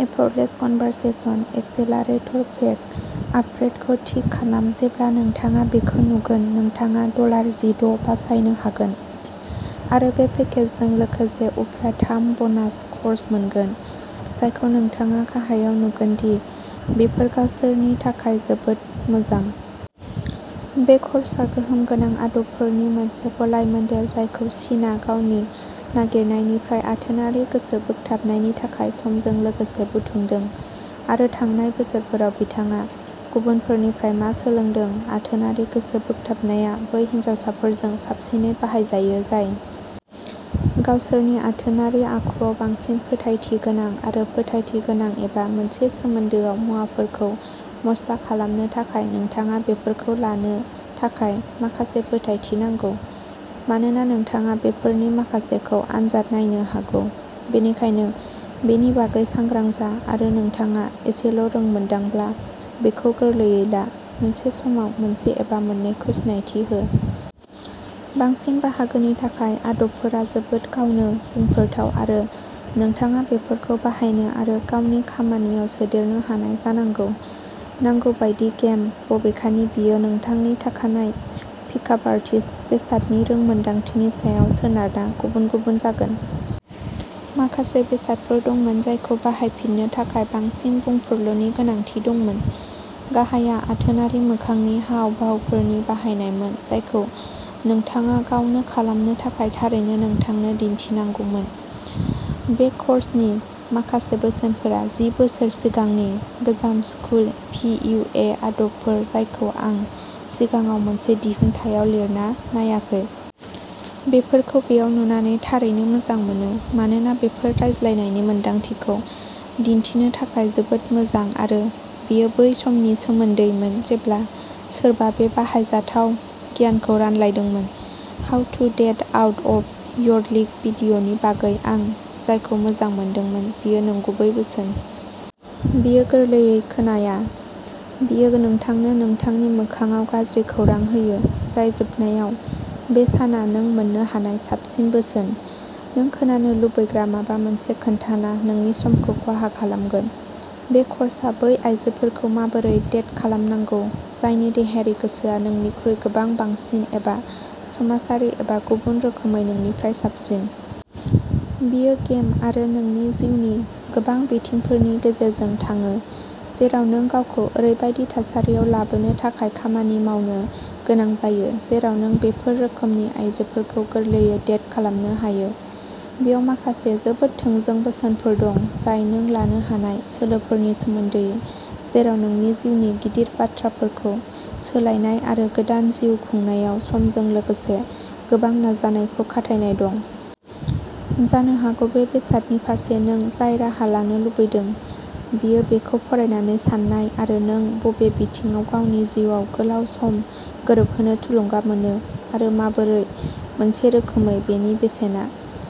"Effortless conversation accelerator pack" आपग्रेदखौ tick खालाम जेब्ला नोंथाङा बेखौ नुगोन। नोंथाङा डलार जिद' बासायनो हागोन आरो बे पेकेजजों लोगोसे उफ्रा थाम ब'नास क'र्स मोनगोन, जायखौ नोंथाङा गाहायाव नुगोन दि बेफोर गावसोरनि थाखाय जोबोद मोजां। बे क'र्सआ गोहोम गोनां आदबफोरनि मोनसे गलायमोन्देर जायखौ सिनआ गावनि नागिरनायनिफ्राय आथोनारि गोसो बोगथाबनायनि थाखाय समजों लोगोसे बुथुमदों आरो थांनाय बोसोरफोराव बिथाङा गुबुनफोरनिफ्राय मा सोलोंदों। आथोनारि गोसो बोगथाबनाया बै हिनजावसाफोरजों साबसिनै बाहायजायो जाय गावसोरनि आथोनारि आखुआव बांसिन फोथायथि गोनां आरो फोथायथि गोनां एबा मोनसे सोमोन्दोआव मुवाफोरखौ मस्ला खालामनो थाखाय नोंथाङा बेफोरखौ लानो थाखाय माखासे फोथायथि नांगौ, मानोना नोंथाङा बेफोरनि माखासेखौ आनजाद नायनो हागौ, बेनिखायनो बेनि बागै सांग्रां जा आरो नोंथाङा एसेल' रोंमोन्दांब्ला बेखौ गोरलैयै ला, मोनसे समाव मोनसे एबा मोननैखौ सिनायथि हो। बांसिन बाहागोनि थाखाय, आदबफोरा जोबोद गावनो बुंफोरथाव आरो नोंथाङा बेफोरखौ बाहायनो आरो गावनि खामानियाव सोदेरनो हानाय जानांगौ। नांगौ बायदि 'गेम'। बबेखानि, बेयो नोंथांनि थाखानाय पिक आप आर्टिस्ट बेसादनि रोंमोनदांथिनि सायाव सोनारना गुबुन-गुबुन जागोन। माखासे बेसादफोर दंमोन जायखौ बाहायफिननो थाखाय बांसिन बुंफुरलुनि गोनांथि दंमोन गाहायआ आथोनारि मोखांनि हाव भावफोरनि बाहायनायमोन, जायखौ नोंथाङा गावनो खालामनो थाखाय थारैनो नोंथांनो दिन्थिनांगौमोन। बे कर्सनि माखासे बोसोनफोरा जि बोसोर सिगांनि गोजाम स्कुल पि इउ ए आदबफोर जायखौ आं सिगाङाव मोनसे दिहुनथायाव लिरना नायाखै। बेफोरखौ बेयाव नुनानै थारैनो मोजां मोनो, मानोना बेफोर रायज्लायनायनि मोनदांथिखौ दिन्थिनो थाखाय जोबोद मोजां आरो बेयो बै समनि सोमोन्दैमोन जेब्ला सोरबा बे बाहायजाथाव गियानखौ रानलायदोंमोन। How to date out of your league भिडिय'नि बागै आं जायखौ मोजां मोनदोंमोन बेयो नंगुबै बोसोन। बेयो बेखौ गोरलै खोनाया, बेयो नोंथांनो नोंथांनि मोखांआव'गाज्रि खौरां'होयो। जाय जोबनायाव। बे साना नों मोन्नो हानाय साबसिन बोसोन। नों खोनानो लुबैग्रा माबा मोनसे खोन्थाना नोंनि समखौ खहा खालामगोन। बे कर्सआ बै आयजोफोरखौ माबोरै डेट खालामनांगौ जायनि देहायारि गोसोआ नोंनिख्रुइ गोबां बांसिन एबा समाजारि एबा गुबुन रोखोमै नोंनिफ्राय साबसिन। बेयो'गेम' आरो नोंनि जिउनि गोबां बिथिंफोरनि गेजेरजों थाङो, जेराव नों गावखौ ओरैबायदि थासारियाव लाबोनो थाखाय खामानि मावनो गोनां जायो, जेराव नों बेफोर रोखोमनि आयजोफोरखौ गोरलैयै डेट खालामनो हायो। बेयाव माखासे जोबोद थोंजों बोसोनफोर दं, जाय नों लानो हानाय सोलोफोरनि सोमोन्दै, जेराव नोंनि जिउनि गिदिर बाथ्राफोरखौ सोलायनाय आरो गोदान जिउ खुंनायाव समजों लोगोसे गोबां नाजानायखौ खाथायनाय दं। जानो हागौ बे बेसादनि फारसे नों जाय राहा लानो लुबैदों, बेयो बेखौ फरायनानै सान्नाय आरो नों बबे बिथिङाव गावनि जिउआव गोलाव सम गोरोबहोनो थुलुंगा मोनो आरो माबोरै। मोनसे रोखोमै, बेनि बेसेना।